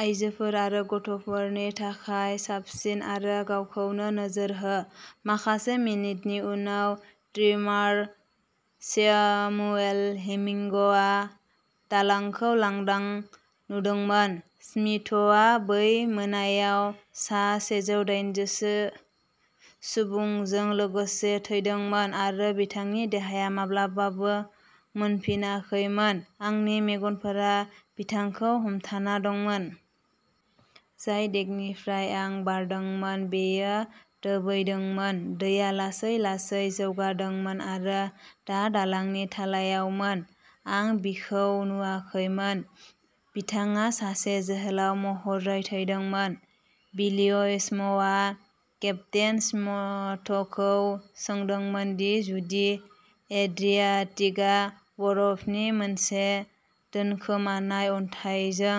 आयजोफोर आरो गथ'फोरनि थाखाय साबसिन, आरो गावखौनो नोजोर हो। माखासे मिनिटनि उनाव ट्रिमार स्यामुएल हेमिंगआ दालांखौ लांदां नुदोंमोन। स्मिथआ बै मोनायाव सा सेजौ दाइजि सो गुबुनफोरजों लोगोसे थैदोंमोन, आरो बिथांनि देहाया माब्लाबाबो मोनफिनाखैमोन। आंनि मेगनफोरा बिथांखौ हमथाना दंमोन। जाय देकनिफ्राय आं बारदोंमोन बेयो दोबैदोंमोन। दैया लासै-लासै जौगादोंमोन, आरो दा दालांनि थालायावमोन। आं बिखौ नुवाखैमोन। बिथाङा सासे जोहोलाव महरै थैदोंमोन। विलियम्सआ केप्टेन स्मिथखौ सोंदोंमोन दि जुदि एड्रियाटिकआ बरफनि मोनसे दोनखोमानाय अन्थाइजों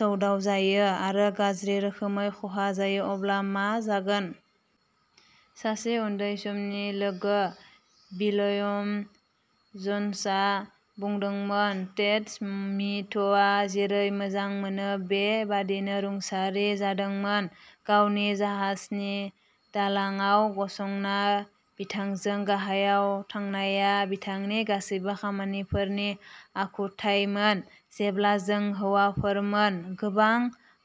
सौदावजायो आरो गाज्रि रोखोमै खहा जायो अब्ला मा जागोन। सासे उन्दै समनि लोगो, विलियम जन्सआ बुंदोंमोन, टेड स्मिथआ जेरै मोजां मोनो बे बादिनो रुंसारि जादोंमोन। गावनि जाहाजनि दालांआव गसंना बिथांजों गाहायाव थांनाया बिथांनि गासैबो खामानिफोरनि आखुथायमोन जेब्ला जों हौवाफोरमोन। गोबां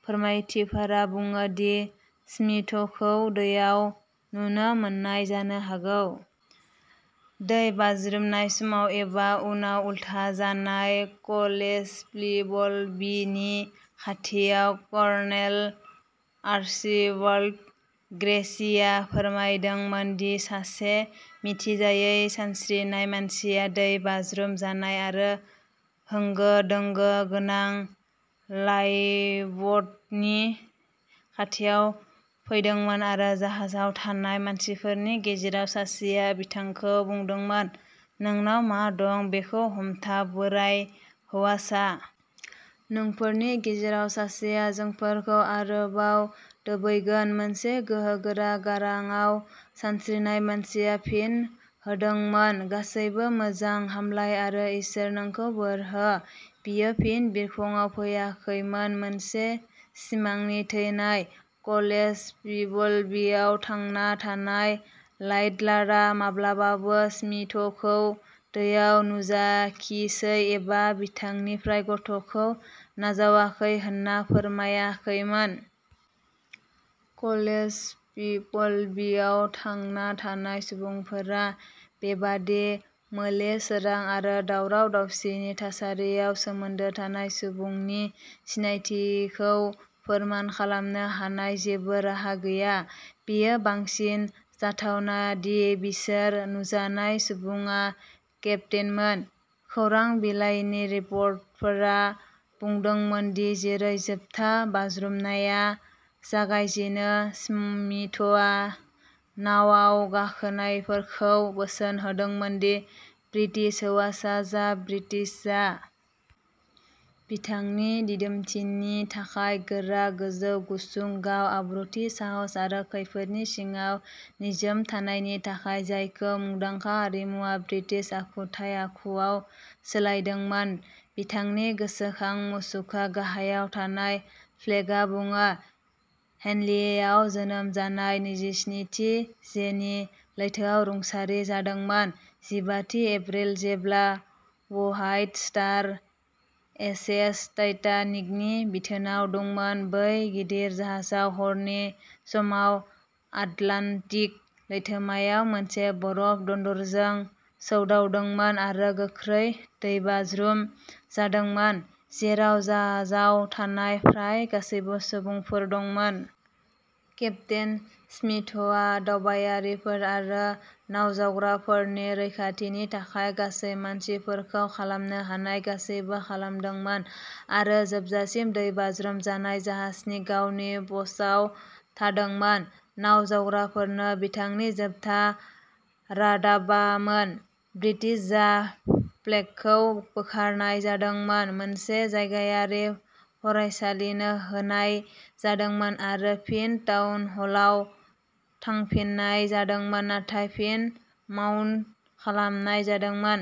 फोरमायथिफोरा बुङो दि स्मिथखौ दैयाव नुनो मोननाय जानो हागौ। दै बाज्रुमनाय समाव एबा उनाव उलथा जानाय क'लेप्सिबल बि नि खाथियाव। कर्नेल आर्चिबाल्ड ग्रेसिआ फोरमायदोंमोन दि सासे मिथिजायै सानस्रिनाय मानसिया दै बाज्रुम जानाय आरो होंगो-दोंगो गोनां लाइफब'टनि खाथियाव फैदोंमोन, आरो जाहाजाव थानाय मानसिफोरनि गेजेराव सासेया बिथांखौ बुंदोंमोन "नोंनाव मा दं बेखौ हमथा, बोराय हौवासा। नोंफोरनि गेजेराव सासेआ जोंफोरखौ आरोबाव दोबैगोन मोनसे गोहोगोरा गारांआव, सानस्रिनाय मानसिया फिन होदोंमोन गासैबो मोजां। हामलाय आरो इसोर नोंखौ बोर हो। बियो फिन बिखंआव फैयाखैमोन। मोनसे सिमांनि थैनाय। क'लेप्सिबल बि आव थांना थानाय लाइट'लारआ माब्लाबाबो स्मिथखौ दैयाव नुजाखिसै एबा बिथांनिफ्राय गथ'खौ नाजावाखै होनना फोरमायाखैमोन। क'लेप्सिबल बि आव थांना थानाय सुबुंफोरा बेबादि मोले सोरां आरो दावराव-दावसिनि थासारियाव सोमोन्दो थानाय सुबुंनि सिनायथिखौ फोरमान खालामनो हानाय जेबो राहा गैया। बेयो बांसिन जाथावना दि बिसोर नुजानाय सुबुङा केप्टेनमोन। खौरां बिलाइनि रिपर्टफोरा बुंदोंमोन दि जेरै जोबथा बाज्रुमनाया जागायजेनो, स्मिथआ नावाव गाखोनायफोरखौ बोसोन होदोंमोन दि "ब्रिटिश हौवासा जा, ब्रिटिश जा! बिथांनि दिदोमथिनि थाखाय गोरा गोजौ गुसुं गाव-आब्रुथि, साहस आरो खैफोदनि सिगाङाव निजोम थानायनि थाखाय, जायखौ मुंदांखा हारिमुआ ब्रिटिश आखुथाय आखुआव सोलायदोंमोन, बिथांनि गोसोखां मुसुखा गाहायाव थानाय प्लेकआ बुङो हेनलिआव जोनोम जानाय, नैजिस्नि थि जेनी, लैथोआव रुंसारि जादोंमोन, जिबा थि एप्रिल जेब्ला व्हाइट स्टार एस एस टाइटानिकनि बिथोनआव दंमोन बै गिदिर जाहाजआ हरनि समाव आटलान्टिक लैथोमायाव मोनसे बरफ दन्दरजों सौदावदोंमोन आरो गोख्रै दैबाज्रुम जादोंमोन जेराव जाहाजाव थानाय फ्राय गासैबो सुबुंफोर दंमोन। केप्तेन स्मिथआ दावबायारिफोर आरो नावजावग्राफोरनि रैखाथिनि थाखाय गासै मानसिफोरखौ खालामनो हानाय गासैबो खालामदोंमोन आरो जोबजासिम दैबाज्रुम जानाय जाहाजनि गावनि पस्टआव थादोंमोन। नावजावग्राफोरनो बिथांनि जोबथा रादाबामोन ब्रिटिश जा। प्लेकखौ बोखारनाय जादोंमोन, मोनसे जायगायारि फरायसालिनो होनाय जादोंमोन आरो फिन टाउन हलआव थांफिननाय जादोंमोन नाथाय फिन माउन्ट खालामनाय जादोंमोन।